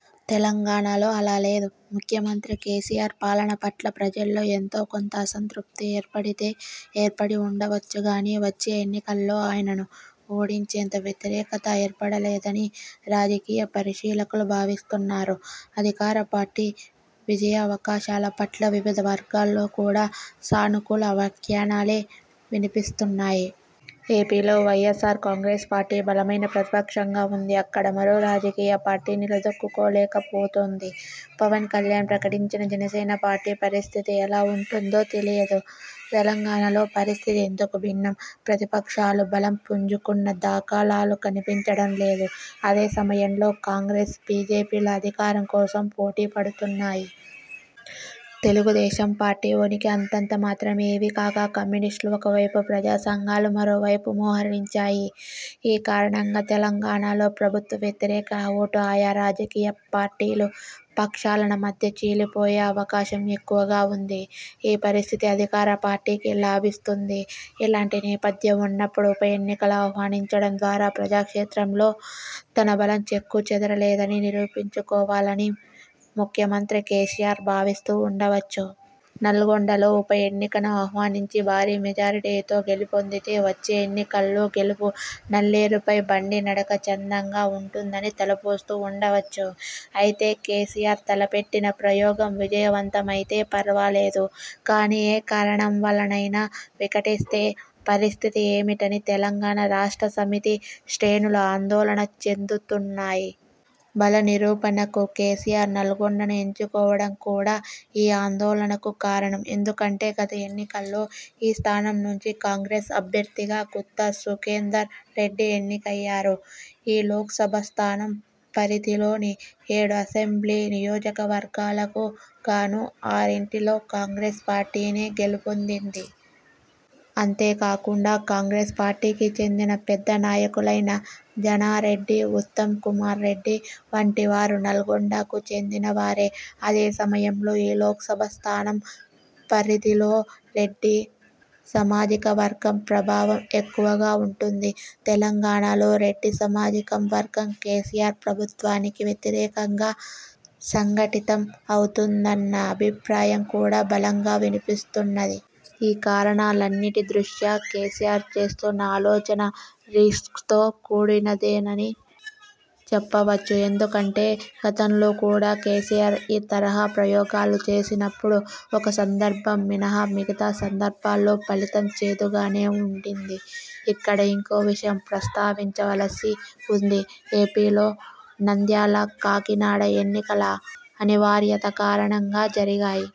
తెలంగాణలో అలా లేదు. ముఖ్యమంత్రి కేసీఆర్ పాలన పట్ల ప్రజల్లో ఎంతో కొంత అసంతృప్తి ఏర్పడితే ఏర్పడి ఉండవచ్చు గానీ, వచ్చే ఎన్నికల్లో ఆయనను ఓడించేంత వ్యతిరేకత ఏర్పడలేదని రాజకీయ పరిశీలకులు భావిస్తున్నారు. అధికార పార్టీ విజయావకాశాల పట్ల వివిధ వర్గాల్లో కూడా సానుకూల వ్యాఖ్యానాలే వినిపిస్తున్నాయి. ఏపీలో వైఎస్ఆర్ కాంగ్రెస్ పార్టీ బలమైన ప్రతిపక్షంగా ఉంది. అక్కడ మరో రాజకీయ పార్టీ నిలదొక్కుకోలేకపోతోంది. పవన్ కల్యాణ్ ప్రకటించిన జనసేన పార్టీ పరిస్థితి ఎలా ఉంటుందో తెలియదు! తెలంగాణలో పరిస్థితి ఇందుకు భిన్నం. ప్రతిపక్షాలు బలం పుంజుకున్న దాఖలాలు కనిపించడం లేదు. అదే సమయంలో, కాంగ్రెస్– బీజేపీలు అధికారం కోసం పోటీ పడుతున్నాయి. తెలుగుదేశం పార్టీ ఉనికి అంతంతమాత్రమే! ఇవికాక, కమ్యూనిస్టులు ఒకవైపు, ప్రజా సంఘాలు మరోవైపు మోహరించాయి. ఈ కారణంగా, తెలంగాణలో ప్రభుత్వ వ్యతిరేక ఓటు ఆయా రాజకీయ పార్టీలు, పక్షాల మధ్య చీలిపోయే అవకాశం ఎక్కువగా ఉంది. ఈ పరిస్థితి అధికార పార్టీకి లాభిస్తుంది. ఇలాంటి నేపథ్యం ఉన్నప్పుడు ఉప ఎన్నికను ఆహ్వానించడం ద్వారా ప్రజా క్షేత్రంలో తన బలం చెక్కుచెదరలేదని నిరూపించుకోవాలని ముఖ్యమంత్రి కేసీఆర్ భావిస్తూ ఉండవచ్చు. నల్లగొండలో ఉప ఎన్నికను ఆహ్వానించి భారీ మెజారిటీతో గెలుపొందితే, వచ్చే ఎన్నికల్లో గెలుపు నల్లేరుపై బండి నడక చందంగా ఉంటుందని తలపోస్తూ ఉండవచ్చు. అయితే, కేసీఆర్ తలపెట్టిన ప్రయోగం విజయవంతమైతే ఫర్వాలేదు. కానీ, ఏ కారణం వల్లనైనా వికటిస్తే పరిస్థితి ఏమిటని తెలంగాణ రాష్ట్ర సమితి శ్రేణులు ఆందోళన చెందుతున్నాయి. బల నిరూపణకు కేసీఆర్ నల్లగొండను ఎంచుకోవడం కూడా ఈ ఆందోళనకు కారణం! ఎందుకంటే, గత ఎన్నికల్లో ఈ స్థానం నుంచి కాంగ్రెస్ అభ్యర్థిగా గుత్తా సుఖేందర్ రెడ్డి ఎన్నికయ్యారు. ఈ లోక్సభ స్థానం పరిధిలోని ఏడు అసెంబ్లీ నియోజకవర్గాలకు గాను ఆరింటిలో కాంగ్రెస్ పార్టీనే గెలుపొందింది. అంతేకాకుండా కాంగ్రెస్ పార్టీకి చెందిన పెద్ద నాయకులైన జానారెడ్డి, ఉత్తమ్ కుమార్ రెడ్డి వంటివారు నల్లగొండకు చెందినవారే! అదే సమయంలో, ఈ లోక్సభ స్థానం పరిధిలో రెడ్డి సామాజిక వర్గం ప్రభావం ఎక్కువగా ఉంటుంది. తెలంగాణలో రెడ్డి సామాజిక వర్గం కేసీఆర్ ప్రభుత్వానికి వ్యతిరేకంగా సంఘటితం అవుతున్నదన్న అభిప్రాయం కూడా బలంగా వినిపిస్తున్నది. ఈ కారణాలన్నింటి దృష్ట్యా కేసీఆర్ చేస్తున్న ఆలోచన రిస్క్తో కూడినదేనని చెప్పవచ్చు. ఎందుకంటే, గతంలో కూడా కేసీఆర్ ఈ తరహా ప్రయోగాలు చేసినప్పుడు ఒక సందర్భం మినహా మిగతా సందర్భాల్లో ఫలితం చేదుగానే ఉండింది. ఇక్కడ ఇంకో విషయం ప్రస్తావించవలసి ఉంది. ఏపీలో నంద్యాల, కాకినాడ ఎన్నికలు అనివార్యత కారణంగా జరిగాయి.